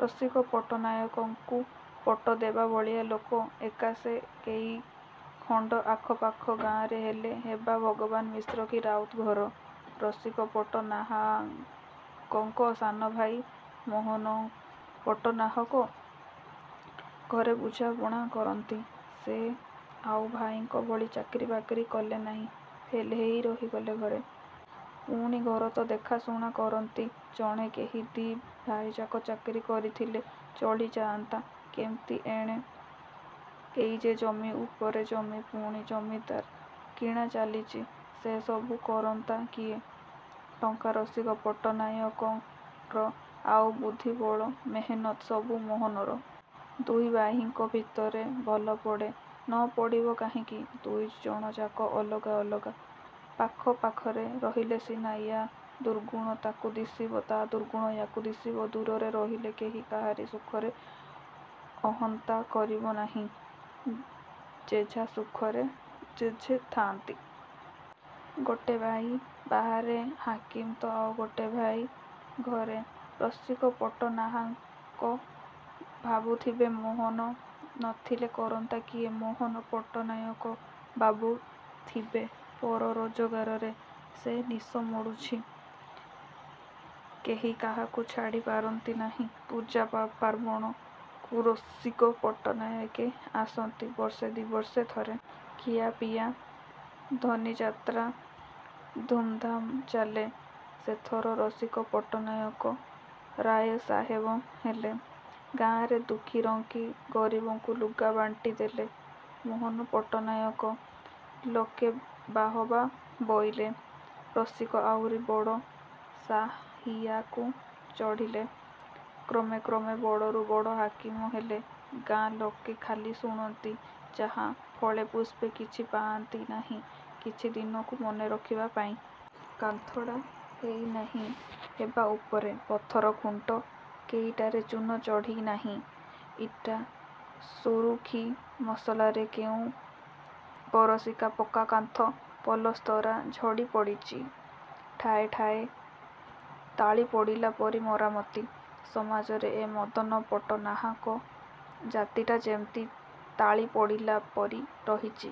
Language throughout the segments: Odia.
ରସିକ ପଟ୍ଟନାୟକଙ୍କୁ ପଟ୍ଟ ଦେବା ଭଳିଆ ଲୋକ ଏକା ସେ କେଇଖଣ୍ଡ ଆଖପାଖ ଗାଁରେ ହେଲେ ହେବେ ଭଗବାନ ମିଶ୍ର କି ରାଉତ ଘର। ରସିକପଟ୍ଟନାହାକଙ୍କ ସାନଭାଇ ମୋହନ ପଟ୍ଟନାହାକ ଘରେ ବୁଝାଶୁଣା କରନ୍ତି। ସେ ଆଉ ଭାଇଙ୍କ ଭଳି ଚାକିରି ବାକିରି କଲେ ନାହିଁ, ଫେଲ ହେଇ ରହିଗଲେ ଘରେ। ପୁଣି ଘର ତ ଦେଖାଶୁଣା କରନ୍ତି ଜଣେ କେହି। ଦି' ଭାଇଯାକ ଚାକିରି କରିଥିଲେ ଚଳି ଥାଆନ୍ତା କିମିତି ଏଣେ। ଏଇ ଯେ ଜମି ଉପରେ ଜମି ପୁଣି ଜମିଦାର କିଣା ଚାଲିଚି ସେ ସବୁ କରନ୍ତା କିଏ? ଟଙ୍କା ରସିକ ପଟ୍ଟନାୟକର ଆଉ ବୁଦ୍ଧିବଳ ମେହନତ୍ ସବୁ ମୋହନର। ଦୁଇ ଭାଇଙ୍କ ଭିତରେ ଭଲପଡ଼େ। ନ ପଡ଼ିବ କାହିଁକି? ଦୁଇଜଣଯାକ ଅଲଗା ଅଲଗା। ପାଖ ପାଖରେ ରହିଲେ ସିନା ୟା ଦୁର୍ଗୁଣ ତାକୁ ଦିଶିବ ତା' ଦୁର୍ଗୁଣ ୟାକୁ ଦିଶିବ। ଦୂରରେ ରହିଲେ କେହି କାହାରି ସୁଖରେ ଅହନ୍ତା କରିବ ନାହିଁ। ଯେଝା ସୁଖରେ ଯେଝେ ଥାଆନ୍ତି। ଗୋଟେ ଭାଇ ବାହାରେ ହାକିମ ତ ଆଉ ଗୋଟେ ଭାଇ ଘରେ। ରସିକ ପଟ୍ଟନାହାକ ଭାବୁଥିବେ ''ମୋହନ ନଥିଲେ କରନ୍ତା କିଏ। '' ମୋହନ ପଟ୍ଟନାୟକ ଭାବୁଥିବେ ପର ରୋଜଗାରରେ ସେ ନିଶ ମୋଡ଼ୁଚି। କେହି କାହାକୁ ଛାଡ଼ି ପାରନ୍ତି ନାହିଁ । ପୂଜା ପାର୍ବଣକୁ ରସିକ ପଟ୍ଟନାୟକେ ଆସନ୍ତି ବର୍ଷେ ଦିବର୍ଷେ ଥରେ। ଖିଆ ପିଆ, ଯାନିଯାତ୍ରା ଧୁମ୍ଧାମ୍ ଚାଲେ। ସେଥର ରସିକ ପଟ୍ଟନାୟକ ରାୟ ସାହେବ ହେଲେ। ଗାଁରେ ଦୁଃଖିରଙ୍କି ଗରିବଙ୍କୁ ଲୁଗା ବାଣ୍ଟି ଦେଲେ ମୋହନପଟ୍ଟନାୟକ। ଲୋକେ ବାହବା ବୋଇଲେ। ରସିକ ଆହୁରି ବଡ଼ ସାହିଆକୁ ଚଢ଼ିଲେ। କ୍ରମେ କ୍ରମେ ବଡ଼ରୁ ବଡ଼ ହାକିମ ହେଲେ। ଗାଁ ଲୋକେ ଖାଲି ଶୁଣନ୍ତି ଯାହା ଫଳେପୁଷ୍ପେ କିଛି ପାଆନ୍ତି ନାହିଁ କିଛିଦିନକୁ ମନେରଖିବା ପାଇଁ। କାନ୍ଥଡ଼ା ହେଇ ନାହିଁ ହେବା ଉପରେ । ପଥର ଖୁଣ୍ଟ କେଇଟାରେ ଚୂନ ଚଢ଼ି ନାହିଁ। ଇଟା ଶୁରୁଖୀ ମସଲାରେ କେଉଁ ବରଷିକା ପକ୍କା କାନ୍ଥ ପଲସ୍ତରା ଝଡ଼ି ପଡ଼ିଚି। ଠାଏ ଠାଏ ତାଳି ପଡ଼ିଲା ପରି ମରାମତି। ସମାଜରେ ଏ ମଦନ ପଟ୍ଟନାହାକ ଜାତିଟା ଯେମିତି ତାଳିପଡ଼ିଲା ପରି ରହିଚି।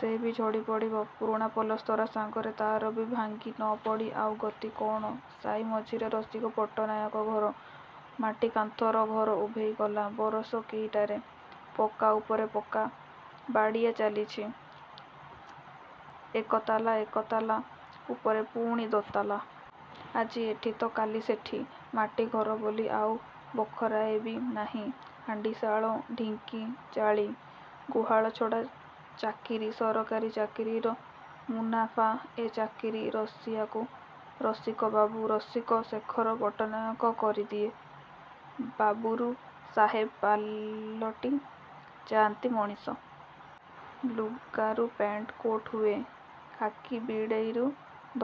ସେ ବି ଝଡ଼ି ପଡ଼ିବ। ପୁରୁଣା ପଲସ୍ତରା ସାଙ୍ଗରେ ତା'ରବି ଭାଙ୍ଗି ନପଡ଼ି ଆଉ ଗତି କ'ଣ ସାଇ ମଝିରେ ରସିକ ପଟ୍ଟନାୟକ ଘର। ମାଟି କାନ୍ଥର ଘର ଉଭେଇଗଲା ବରଷ କେଇଟାରେ। ପକ୍କା ଉପରେ ପକ୍କା ବାଡ଼ିଆ ଚାଲିଚି। ଏକତାଲା ଏକତାଲା ଉପରେ ପୁଣି ଦୋତାଲା। ଆଜି ଏଠି ତ କାଲି ସେଠି। ମାଟି ଘର ବୋଲି ଆଉ ବଖରାଏବି ନାହିଁ ହାଣ୍ଡିଶାଳ, ଢିଙ୍କି ଚାଳି, ଗୁହାଳ ଛଡ଼ା। ଚାକିରି। ସରକାରୀ ଚାକିରିର ମୁନାଫା। ଏ ଚାକିରି, ରସିଆକୁ ରସିକବାବୁ ରସିକ ଶେଖର ପଟ୍ଟନାୟକ କରିଦିଏ। ବାବୁରୁ ସାହେବ ପାଲଟି ଯାନ୍ତି ମଣିଷ। ଲୁଗାରୁ ପ୍ୟାଣ୍ଟ କୋଟ୍ ହୁଏ। ଖାକି ବିଡ଼ିରୁ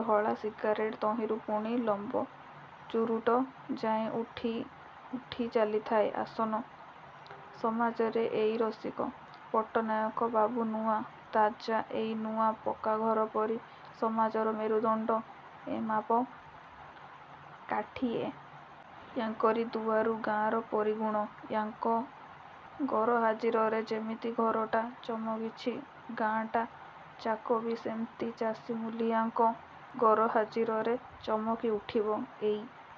ଧଳା ସିଗାରେଟ୍ ତହିଁରୁ ପୁଣି ଲମ୍ବ ଚୁରୁଟ ଯାଏଁ ଉଠି ଉଠି ଚାଲିଥାଏ ଆସନ। ସମାଜରେ ଏଇ ରସିକ। ପଟ୍ଟନାୟକ ସବୁ ନୂଆ, ତାଜା, ଏଇ ନୂଆ ପକ୍କାଘର ପରି। ସମାଜର ମେରୁଦଣ୍ଡ ଏମାପ କାଠି ଏ। ୟାଙ୍କରି ଦୁଆରୁ ଗାଁର ପରିଗୁଣ। ୟାଙ୍କ ଗରହାଜିରରେ ଯେମିତି ଘରଟା ଚମକିଛି, ଗାଁଟାଯାକବି ସେମିତି ଚାଷୀ ମୂଲିଆଙ୍କ ଗରହାଜିରରେ ଚମିକି ଉଠିବ? ଏଇ